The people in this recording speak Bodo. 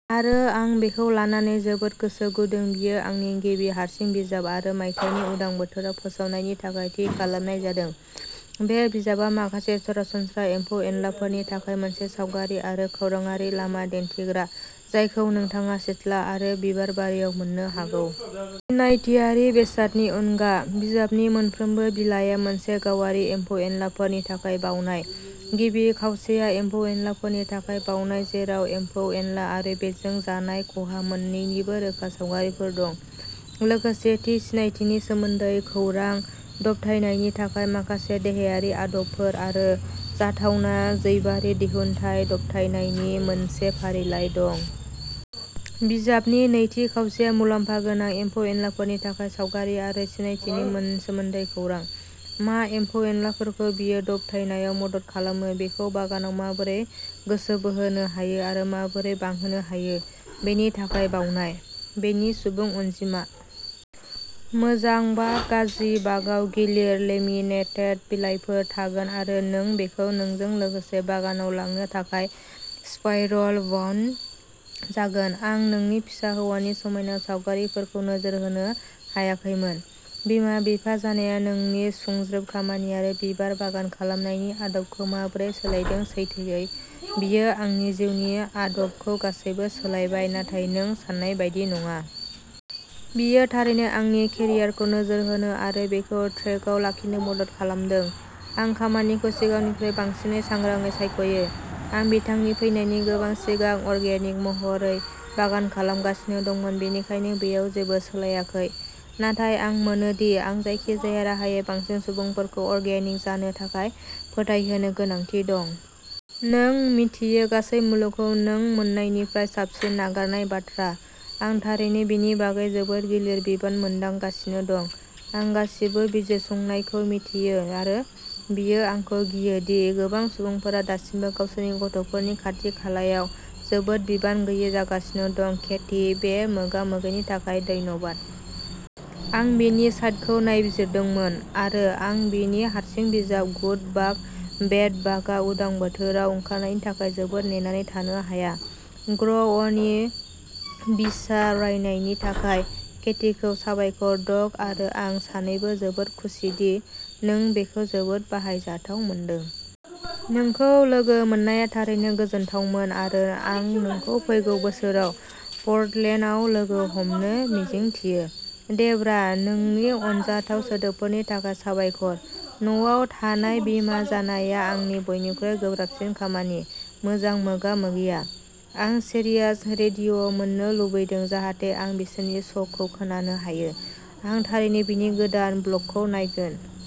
आरो आं बेखौ लानानै जोबोद गोसो गुदुं बेयो आंनि गिबि हारसिं बिजाब आरो मायथाइनि उदां बोथोराव फोसावनायनि थाखाय थि खालामनाय जादों। बे बिजाबआ माखासे सरासनस्रा एम्फौ-एनलाफोरनि थाखाय मोनसे सावगारि आरो खौरांआरि लामा दिन्थिग्रा, जायखौ नोंथाङा सिथ्ला आरो बिबारबारियाव मोन्नो हागौ। सिनायथियारि बेसादनि अनगा, बिजाबनि मोनफ्रोमबो बिलाइया मोनसे गावारि एम्फौ-एनलाफोरनि थाखाय बावनाय। गिबि खावसेया एम्फौ-एनला फोरनि थाखाय बावनाय, जेराव एम्फौ-एनला आरो बेजों जानाय खहा मोन्नैनिबो रोखा सावगारिफोर दं, लोगोसे थि सिनायथिनि सोमोन्दै खौरां, दबथायनायनि थाखाय माखासे देहायारि आदबफोर, आरो जाथावना जैबारि दिहुनथाय दबथायनायनि मोनसे फारिलाइ दं। बिजाबनि नैथि खावसेया मुलाम्फा गोनां एम्फौ-एनलाफोरनि थाखाय सावगारि आरो सिनायथिनि सोमोन्दै खौरां, मा एम्फौ-एनलाफोरखौ बेयो दबथायनायाव मदद खालामो, बेखौ बागानाव माबोरै गोसो बोहोनो हायो आरो माबोरै बांहोनो हायो, बेनि थाखाय बावनाय। बेनि सुबुं अनजिमा। मोजां बाग, गाज्रि बागआव गिलिर लेमिनेटेड बिलाइफोर थागोन आरो नों बेखौ नोंजों लोगोसे बागानाव लांनो थाखाय स्पाइरल बाउन्ड जागोन। आं नोंनि फिसा हौवानि समायना सावगारिफोरखौ नोजोर होनो हायाखैमोन। बिमा-बिफा जानाया नोंनि सुंज्रोब खामानि आरो बिबार बागान खालामनायनि आदबखौ माबोरै सोलायदों सैथोयै, बियो आंनि जिउनि आदबखौ गासैबो सोलायबाय नाथाय नों सान्नाय बायदि नङा। बियो थारैनो आंनि केरियारखौ नोजोर होनो आरो बेखौ ट्रेकआव लाखिनो मदद खालामदों। आं खामानिखौ सिगांनिख्रुइ बांसिन सांग्राङै सायख'यो । आं बिथांनि फैनायनि गोबां सिगां अर्गेनिक महरै बागान खालामगासिनो दंमोन बेनिखायनो बैयाव जेबो सोलायाखै, नाथाय आं मोनोदि आं जायखिजाया राहायै बांसिन सुबुंफोरखौ अर्गेनिक जानो थाखाय फोथायहोनो गोनांथि दं। नों मिन्थियो, गासै मुलुगखौ नों मोन्नायनिफ्राय साबसिन नागारनाय बाथ्रा आं थारैनो बेनि बागै जोबोद गिलिर बिबान मोनदांगासिनो दं। आं गासिबो बिजिरसंनायखौ मिथियो आरो बेयो आंखौ गियो दि गोबां सुबुंफोरा दासिमबो गावसोरनि गथ'फोरनि खाथि-खालायाव जोबोद बिबान गैयै जागासिनो दं केथी, बे मोगा मोगिनि थाखाय धन्यबाद। आं बिनि साटखौ नायबिजिरदोंमोन आरो आं बिनि हारसिं बिजाब गुड बाग, बेड बागआ उदां बोथोराव ओंखारनायनि थाखाय जोबोद नेनानै थानो हाया ग्र'अ'नि बिसावरायनायनि थाखाय केथीखौ साबायखर डग आरो आं सानैबो जोबोद खुसिदि नों बेखौ जोबोद बाहायजाथाव मोनदों। नोंखौ लोगो मोननाया थारैनो गोजोनथावमोन आरो आं नोंखौ फैगौ बोसोराव पर्टलेन्डआव लोगो हमनो मिजिंथियो। डेब्रा, नोंनि अनजाथाव सोदोबफोरनि थाखाय साबायखर। न'आव थानाय' बिमा जानाया आंनि बयनिख्रुइ गोब्राबसिन खामानि मोजां मोगा-मोगिआ। आं सिरियास रेडिय' मोन्नो लुबैदों जाहाथे आं बिसोरनि श'खौ खोनानो हायो। आं थारैनो बिनि गोदान ब्लगखौ नायगोन।